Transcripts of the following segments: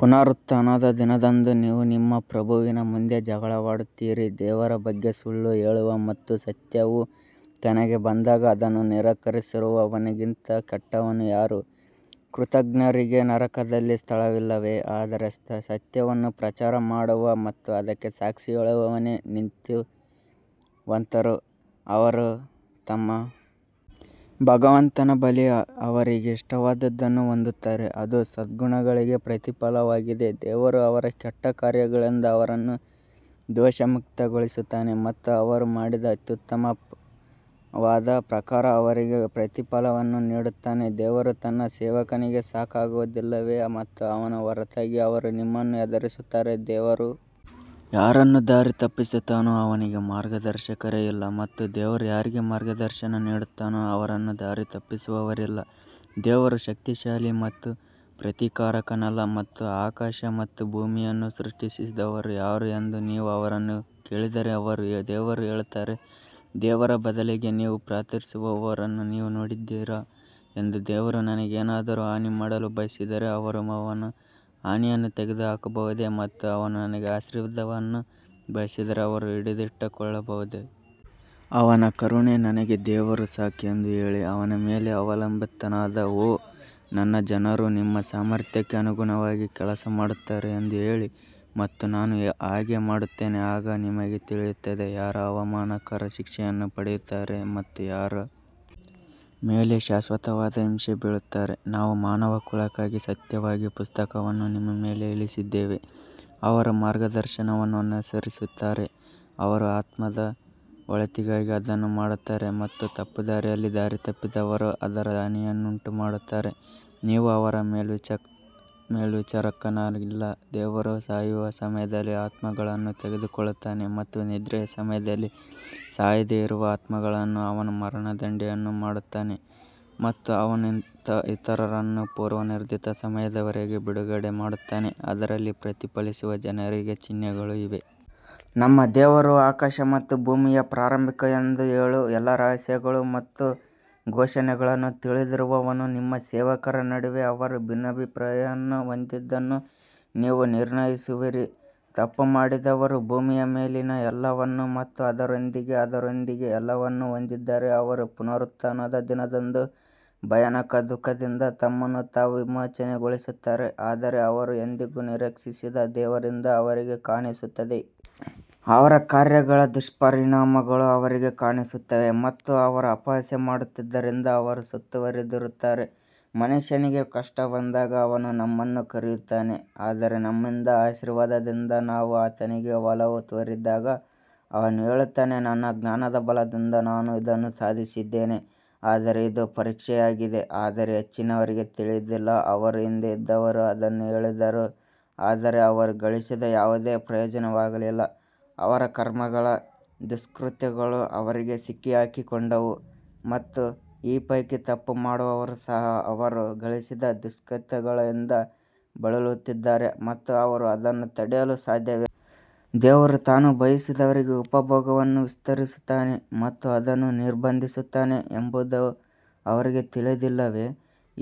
ಪುನರುತ್ಥಾನದ ದಿನದಂದು ನೀವು ನಿಮ್ಮ ಪ್ರಭುವಿನ ಮುಂದೆ ಜಗಳವಾಡುತ್ತೀರಿ ದೇವರ ಬಗ್ಗೆ ಸುಳ್ಳು ಹೇಳುವ ಮತ್ತು ಸತ್ಯವು ತನಗೆ ಬಂದಾಗ ಅದನ್ನು ನಿರಾಕರಿಸುವವನಿಗಿಂತ ಕೆಟ್ಟವನು ಯಾರು? ಕೃತಘ್ನರಿಗೆ ನರಕದಲ್ಲಿ ಸ್ಥಳವಿಲ್ಲವೇ? ಆದರೆ ಸತ್ಯವನ್ನು ಪ್ರಚಾರ ಮಾಡುವ ಮತ್ತು ಅದಕ್ಕೆ ಸಾಕ್ಷಿ ಹೇಳುವವನೇ ನೀತಿವಂತರು ಅವರು ತಮ್ಮ ಭಗವಂತನ ಬಳಿ ಅವರಿಗೆ ಇಷ್ಟವಾದದ್ದನ್ನು ಹೊಂದುತ್ತಾರೆ, ಅದು ಸದ್ಗುಣಿಗಳಿಗೆ ಪ್ರತಿಫಲವಾಗಿದೆ ದೇವರು ಅವರ ಕೆಟ್ಟ ಕಾರ್ಯಗಳಿಂದ ಅವರನ್ನು ದೋಷಮುಕ್ತಗೊಳಿಸುತ್ತಾನೆ ಮತ್ತು ಅವರು ಮಾಡಿದ ಅತ್ಯುತ್ತಮವಾದ ಪ್ರಕಾರ ಅವರಿಗೆ ಪ್ರತಿಫಲವನ್ನು ನೀಡುತ್ತಾನೆ ದೇವರು ತನ್ನ ಸೇವಕನಿಗೆ ಸಾಕಾಗುವುದಿಲ್ಲವೇ ಮತ್ತು ಅವನ ಹೊರತಾಗಿ ಅವರು ನಿಮ್ಮನ್ನು ಹೆದರಿಸುತ್ತಾರೆ, ದೇವರು ಯಾರನ್ನು ದಾರಿತಪ್ಪಿಸುತ್ತಾನೋ ಅವನಿಗೆ ಮಾರ್ಗದರ್ಶಕರೇ ಇಲ್ಲ ಮತ್ತು ದೇವರು ಯಾರಿಗೆ ಮಾರ್ಗದರ್ಶನ ನೀಡುತ್ತಾನೋ ಅವರನ್ನು ದಾರಿತಪ್ಪಿಸುವವರಿಲ್ಲ, ದೇವರು ಶಕ್ತಿಶಾಲಿ ಮತ್ತು ಪ್ರತೀಕಾರಕನಲ್ಲ ಮತ್ತು ಆಕಾಶ ಮತ್ತು ಭೂಮಿಯನ್ನು ಸೃಷ್ಟಿಸಿದವರು ಯಾರು ಎಂದು ನೀವು ಅವರನ್ನು ಕೇಳಿದರೆ, ಅವರು ದೇವರು ಹೇಳುತ್ತಾರೆ, ದೇವರ ಬದಲಿಗೆ ನೀವು ಪ್ರಾರ್ಥಿಸುವವರನ್ನು ನೀವು ನೋಡಿದ್ದೀರಾ ಎಂದು ದೇವರು ನನಗೆ ಏನಾದರೂ ಹಾನಿ ಮಾಡಲು ಬಯಸಿದರೆ ಅವರು ಅವನ ಹಾನಿಯನ್ನು ತೆಗೆದುಹಾಕಬಹುದೇ ಮತ್ತು ಅವನು ನನಗೆ ಆಶೀರ್ವಾದವನ್ನು ಬಯಸಿದರೆ ಅವರು ಹಿಡಿದಿಟ್ಟುಕೊಳ್ಳಬಹುದೇ? ಅವನ ಕರುಣೆ ನನಗೆ ದೇವರು ಸಾಕು ಎಂದು ಹೇಳಿ ಅವನ ಮೇಲೆ ಅವಲಂಬಿತನಾದ ಓ ನನ್ನ ಜನರು ನಿಮ್ಮ ಸಾಮರ್ಥ್ಯಕ್ಕೆ ಅನುಗುಣವಾಗಿ ಕೆಲಸ ಮಾಡುತ್ತಾರೆ ಎಂದು ಹೇಳಿ ಮತ್ತು ನಾನು ಹಾಗೆ ಮಾಡುತ್ತೇನೆ ಆಗ ನಿಮಗೆ ತಿಳಿಯುತ್ತದೆ ಯಾರು ಅವಮಾನಕರ ಶಿಕ್ಷೆಯನ್ನು ಪಡೆಯುತ್ತಾರೆ ಮತ್ತು ಯಾರ ಮೇಲೆ ಶಾಶ್ವತವಾದ ಹಿಂಸೆ ಬೀಳುತ್ತಾರೆ ನಾವು ಮಾನವಕುಲಕ್ಕಾಗಿ ಸತ್ಯವಾಗಿ ಪುಸ್ತಕವನ್ನು ನಿಮ್ಮ ಮೇಲೆ ಇಳಿಸಿದ್ದೇವೆ, ಅವರು ಮಾರ್ಗದರ್ಶನವನ್ನು ಅನುಸರಿಸುತ್ತಾರೆ ಅವರ ಆತ್ಮದ ಒಳಿತಿಗಾಗಿ ಅದನ್ನು ಮಾಡುತ್ತಾರೆ ಮತ್ತು ತಪ್ಪುದಾರಿಯಲ್ಲಿ ದಾರಿತಪ್ಪಿದವರು ಅದರ ಹಾನಿಯನ್ನುಂಟುಮಾಡುತ್ತಾರೆ ನೀವು ಅವರ ಮೇಲ್ವಿಚಾರಕನಲ್ಲ ದೇವರು ಸಾಯುವ ಸಮಯದಲ್ಲಿ ಆತ್ಮಗಳನ್ನು ತೆಗೆದುಕೊಳ್ಳುತ್ತಾನೆ ಮತ್ತು ನಿದ್ರೆಯ ಸಮಯದಲ್ಲಿ ಸಾಯದೆ ಇರುವ ಆತ್ಮಗಳನ್ನು ಅವನು ಮರಣದಂಡನೆಯನ್ನು ಮಾಡುತ್ತಾನೆ ಮತ್ತು ಅವನು ಇತರರನ್ನು ಪೂರ್ವನಿರ್ಧರಿತ ಸಮಯದವರೆಗೆ ಬಿಡುಗಡೆ ಮಾಡುತ್ತಾನೆ, ಅದರಲ್ಲಿ ಪ್ರತಿಫಲಿಸುವ ಜನರಿಗೆ ಚಿಹ್ನೆಗಳು ಇವೆ. ನಮ್ಮ ದೇವರು ಆಕಾಶ ಮತ್ತು ಭೂಮಿಯ ಪ್ರಾರಂಭಿಕ ಎಂದು ಹೇಳು, ಎಲ್ಲಾ ರಹಸ್ಯಗಳು ಮತ್ತು ಘೋಷಣೆಗಳನ್ನು ತಿಳಿದಿರುವವನು ನಿಮ್ಮ ಸೇವಕರ ನಡುವೆ ಅವರು ಭಿನ್ನಾಭಿಪ್ರಾಯ ಹೊಂದಿದ್ದನ್ನು ನೀವು ನಿರ್ಣಯಿಸುವಿರಿ. ತಪ್ಪು ಮಾಡಿದವರು ಭೂಮಿಯ ಮೇಲಿನ ಎಲ್ಲವನ್ನೂ ಮತ್ತು ಅದರೊಂದಿಗೆ ಅದರೊಂದಿಗೆ ಎಲ್ಲವನ್ನೂ ಹೊಂದಿದ್ದರೆ ಅವರು ಪುನರುತ್ಥಾನದ ದಿನದಂದು ಭಯಾನಕ ದುಃಖದಿಂದ ತಮ್ಮನ್ನು ತಾವು ವಿಮೋಚನೆಗೊಳಿಸುತ್ತಾರೆ ಆದರೆ ಅವರು ಎಂದಿಗೂ ನಿರೀಕ್ಷಿಸದ ದೇವರಿಂದ ಅವರಿಗೆ ಕಾಣಿಸುತ್ತದೆ. ಅವರ ಕಾರ್ಯಗಳ ದುಷ್ಪರಿಣಾಮಗಳು ಅವರಿಗೆ ಕಾಣಿಸುತ್ತವೆ ಮತ್ತು ಅವರು ಅಪಹಾಸ್ಯ ಮಾಡುತ್ತಿದ್ದರಿಂದ ಅವರು ಸುತ್ತುವರೆದಿರುತ್ತಾರೆ. ಮನುಷ್ಯನಿಗೆ ಕಷ್ಟ ಬಂದಾಗ ಅವನು ನಮ್ಮನ್ನು ಕರೆಯುತ್ತಾನೆ ಆದರೆ ನಮ್ಮಿಂದ ಆಶೀರ್ವಾದದಿಂದ ನಾವು ಅವನಿಗೆ ಒಲವು ತೋರಿದಾಗ ಅವನು ಹೇಳುತ್ತಾನೆ ನನ್ನ ಜ್ಞಾನದ ಬಲದಿಂದ ನಾನು ಇದನ್ನು ಸಾಧಿಸಿದ್ದೇನೆ ಆದರೆ ಇದು ಪರೀಕ್ಷೆಯಾಗಿದೆ ಆದರೆ ಹೆಚ್ಚಿನವರಿಗೆ ತಿಳಿದಿಲ್ಲ ಅವರ ಹಿಂದೆ ಇದ್ದವರು ಅದನ್ನು ಹೇಳಿದರು ಆದರೆ ಅವರು ಗಳಿಸಿದ ಯಾವುದೇ ಪ್ರಯೋಜನವಾಗಲಿಲ್ಲ ಅವರ ಕರ್ಮಗಳ ದುಷ್ಕೃತ್ಯಗಳು ಅವರಿಗೆ ಸಿಕ್ಕಿಹಾಕಿಕೊಂಡವು ಮತ್ತು ಈ ಪೈಕಿ ತಪ್ಪು ಮಾಡುವವರು ಸಹ ಅವರು ಗಳಿಸಿದ ದುಷ್ಕೃತ್ಯಗಳಿಂದ ಬಳಲುತ್ತಿದ್ದಾರೆ ಮತ್ತು ಅವರು ಅದನ್ನು ತಡೆಯಲು ಸಾಧ್ಯವಿಲ್ಲ. ದೇವರು ತಾನು ಬಯಸಿದವರಿಗೆ ಉಪಭೋಗವನ್ನು ವಿಸ್ತರಿಸುತ್ತಾನೆ ಮತ್ತು ಅದನ್ನು ನಿರ್ಬಂಧಿಸುತ್ತಾನೆ ಎಂಬುದು ಅವರಿಗೆ ತಿಳಿದಿಲ್ಲವೇ?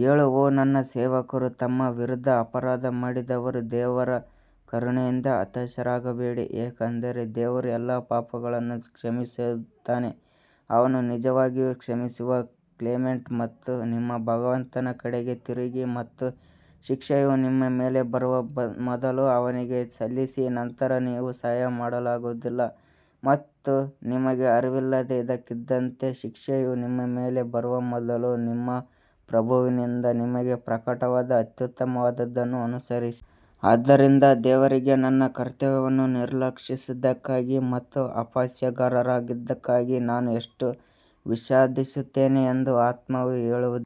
ಹೇಳು ಓ ನನ್ನ ಸೇವಕರು ತಮ್ಮ ವಿರುದ್ಧ ಅಪರಾಧ ಮಾಡಿದವರು ದೇವರ ಕರುಣೆಯಿಂದ ಹತಾಶರಾಗಬೇಡಿ ಏಕೆಂದರೆ ದೇವರು ಎಲ್ಲಾ ಪಾಪಗಳನ್ನು ಕ್ಷಮಿಸುತ್ತಾನೆ, ಅವನು ನಿಜವಾಗಿಯೂ ಕ್ಷಮಿಸುವ ಕ್ಲೆಮೆಂಟ್ ಮತ್ತು ನಿಮ್ಮ ಭಗವಂತನ ಕಡೆಗೆ ತಿರುಗಿ ಮತ್ತು ಶಿಕ್ಷೆಯು ನಿಮ್ಮ ಮೇಲೆ ಬರುವ ಮೊದಲು ಅವನಿಗೆ ಸಲ್ಲಿಸಿ ನಂತರ ನೀವು ಸಹಾಯ ಮಾಡಲಾಗುವುದಿಲ್ಲ ಮತ್ತು ನಿಮಗೆ ಅರಿವಿಲ್ಲದೆ ಇದ್ದಕ್ಕಿದ್ದಂತೆ ಶಿಕ್ಷೆಯು ನಿಮ್ಮ ಮೇಲೆ ಬರುವ ಮೊದಲು ನಿಮ್ಮ ಪ್ರಭುವಿನಿಂದ ನಿಮಗೆ ಪ್ರಕಟವಾದ ಅತ್ಯುತ್ತಮವಾದದ್ದನ್ನು ಅನುಸರಿಸಿ. ಆದ್ದರಿಂದ ದೇವರಿಗೆ ನನ್ನ ಕರ್ತವ್ಯವನ್ನು ನಿರ್ಲಕ್ಷಿಸಿದ್ದಕ್ಕಾಗಿ ಮತ್ತು ಅಪಹಾಸ್ಯಗಾರರಾಗಿದ್ದಕ್ಕಾಗಿ ನಾನು ಎಷ್ಟು ವಿಷಾದಿಸುತ್ತೇನೆ ಎಂದು ಆತ್ಮವು ಹೇಳುವುದಿಲ್ಲ.